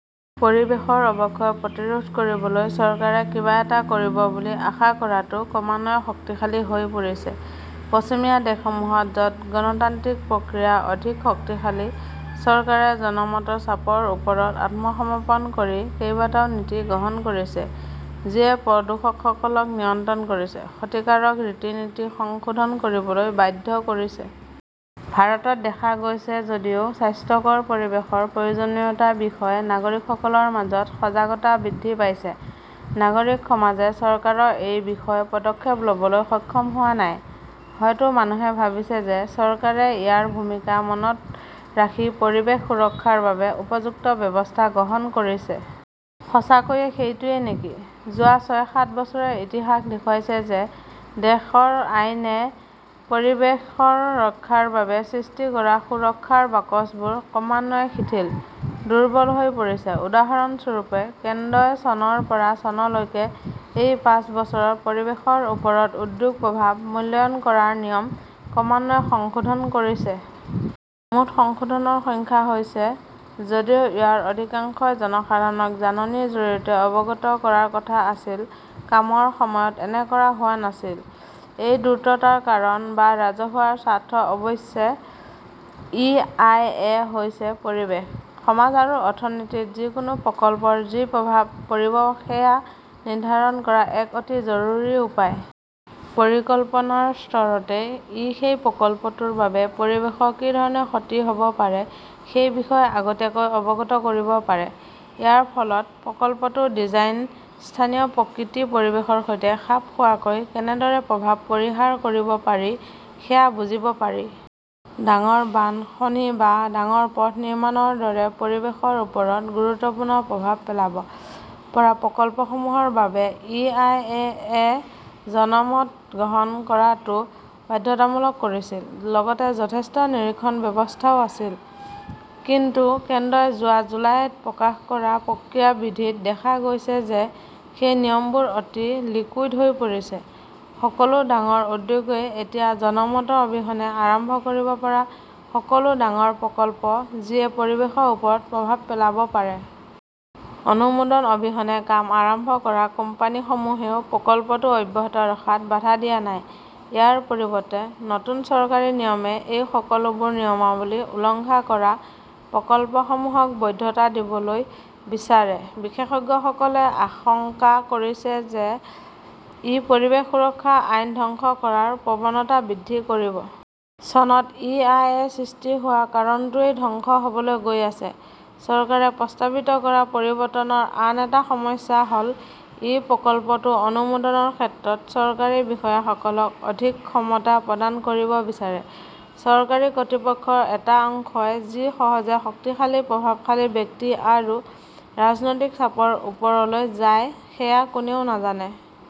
পৰিৱেশৰ অৱক্ষয় প্ৰতিৰোধ কৰিবলৈ চৰকাৰে কিবা এটা কৰিব বুলি আশা কৰাটো ক্ৰমান্বয়ে শক্তিশালী হৈ পৰিছে। পশ্চিমীয়া দেশসমূহত য'ত গণতান্ত্ৰিক প্ৰক্ৰিয়া অধিক শক্তিশালী ,চৰকাৰে জনমতৰ চাপৰ ওচৰত আত্মসমৰ্পণ কৰি কেইবাটাও নীতি গ্ৰহণ কৰিছে। যিয়ে প্ৰদূষকসকলক নিয়ন্ত্ৰণ কৰিছে, ক্ষতিকাৰক ৰীতি-নীতি সংশোধন কৰিবলৈ বাধ্য কৰিছে। ভাৰতত দেখা গৈছে যে যদিও স্বাস্থ্যকৰ পৰিৱেশৰ প্ৰয়োজনীয়তাৰ বিষয়ে নাগৰিকসকলৰ মাজত সজাগতা বৃদ্ধি পাইছে, নাগৰিক সমাজে চৰকাৰক এই বিষয়ত পদক্ষেপ ল'বলৈ সক্ষম হোৱা নাই। হয়তো মানুহে ভাবিছে যে চৰকাৰে ইয়াৰ ভূমিকা মনত ৰাখি পৰিৱেশ সুৰক্ষাৰ বাবে উপযুক্ত ব্যৱস্থা গ্ৰহণ কৰিছে। সঁচাকৈয়ে সেইটোৱেই নেকি? যোৱা ছয়, সাত বছৰৰ ইতিহাসই দেখুৱাইছে যে দেশৰ আইনে পৰিৱেশ ৰক্ষাৰ বাবে সৃষ্টি কৰা সুৰক্ষাৰ বাকচবোৰ ক্ৰমান্বয়ে শিথিল, দুৰ্বল হৈ পৰিছে। উদাহৰণস্বৰূপে, কেন্দ্ৰই চনৰ পৰা চনলৈকে এই পাঁচ বছৰত পৰিৱেশৰ ওপৰত উদ্যোগৰ প্ৰভাৱ মূল্যায়ন কৰাৰ নিয়ম ক্ৰমান্বয়ে সংশোধন কৰিছে। মুঠ সংশোধনৰ সংখ্যা হৈছে। যদিও ইয়াৰ অধিকাংশই জনসাধাৰণক জাননীৰ জৰিয়তে অৱগত কৰাৰ কথা আছিল, কামৰ সময়ত এনে কৰা হোৱা নাছিল। এই দ্ৰুততাৰ কাৰণ বা ৰাজহুৱা স্বাৰ্থ অৱশ্যে ই. আই. এ. হৈছে পৰিৱেশ, সমাজ আৰু অৰ্থনীতিত যিকোনো প্ৰকল্পৰ কি প্ৰভাৱ পৰিব সেয়া নিৰ্ধাৰণ কৰাৰ এক অতি জৰুৰী উপায়। পৰিকল্পনাৰ স্তৰতে ই সেই প্ৰকল্পটোৰ বাবে পৰিৱেশৰ কি ধৰণৰ ক্ষতি হ'ব পাৰে সেই বিষয়ে আগতীয়াকৈ অৱগত কৰিব পাৰে। ইয়াৰ ফলত প্ৰকল্পটোৰ ডিজাইন স্থানীয় প্ৰকৃতি-পৰিৱেশৰ সৈতে খাপ খোৱাকৈ কেনেদৰে প্ৰভাৱ পৰিহাৰ কৰিব পাৰি সেয়া বুজিব পাৰি। ডাঙৰ বান্ধ, খনি বা ডাঙৰ পথ নিৰ্মাণৰ দৰে পৰিৱেশৰ ওপৰত গুৰুত্বপূৰ্ণ প্ৰভাৱ পেলাব পৰা প্ৰকল্পসমূহৰ বাবে ই. আই. এ. -য়ে জনমত গ্ৰহণ কৰাটো বাধ্যতামূলক কৰিছিল, লগতে যথেষ্ট নিৰীক্ষণ ব্যৱস্থাও আছিল। কিন্তু কেন্দ্ৰই যোৱা জুলাইত প্ৰকাশ কৰা প্ৰক্ৰিয়া বিধি ত দেখা গৈছে যে সেই নিয়মবোৰ অতি লিকুইড হৈ পৰিছে ,সকলো ডাঙৰ উদ্যোগই এতিয়া জনমত অবিহনে আৰম্ভ কৰিব পৰা সকলো ডাঙৰ প্ৰকল্প, যিয়ে পৰিৱেশৰ ওপৰত প্ৰভাৱ পেলাব পাৰে। অনুমোদন অবিহনে কাম আৰম্ভ কৰা কোম্পানীসমূহেও প্ৰকল্পটো অব্যাহত ৰখাত বাধা দিয়া নাই। ইয়াৰ পৰিৱৰ্তে, নতুন চৰকাৰী নিয়মে এই সকলোবোৰ নিয়মাৱলী উলংঘন কৰা প্ৰকল্পসমূহক বৈধতা দিবলৈ বিচাৰে। বিশেষজ্ঞসকলে আশংকা কৰিছে যে ই পৰিৱেশ সুৰক্ষা আইন ধ্বংস কৰাৰ প্ৰৱণতা বৃদ্ধি কৰিব। চনত ই. আই. এ. সৃষ্টি হোৱাৰ কাৰণটোৱেই ধ্বংস হ'বলৈ গৈ আছে। চৰকাৰে প্ৰস্তাৱিত কৰা পৰিৱৰ্তনৰ আন এটা সমস্যা হ'ল ই প্ৰকল্পটোৰ অনুমোদনৰ ক্ষেত্ৰত চৰকাৰী বিষয়াসকলক অধিক ক্ষমতা প্ৰদান কৰিব বিচাৰে। চৰকাৰী কৰ্তৃপক্ষৰ এটা অংশ যি সহজে শক্তিশালী, প্ৰভাৱশালী ব্যক্তি আৰু ৰাজনৈতিক চাপৰ ওচৰলৈ যায় সেয়া কোনেও নাজানে।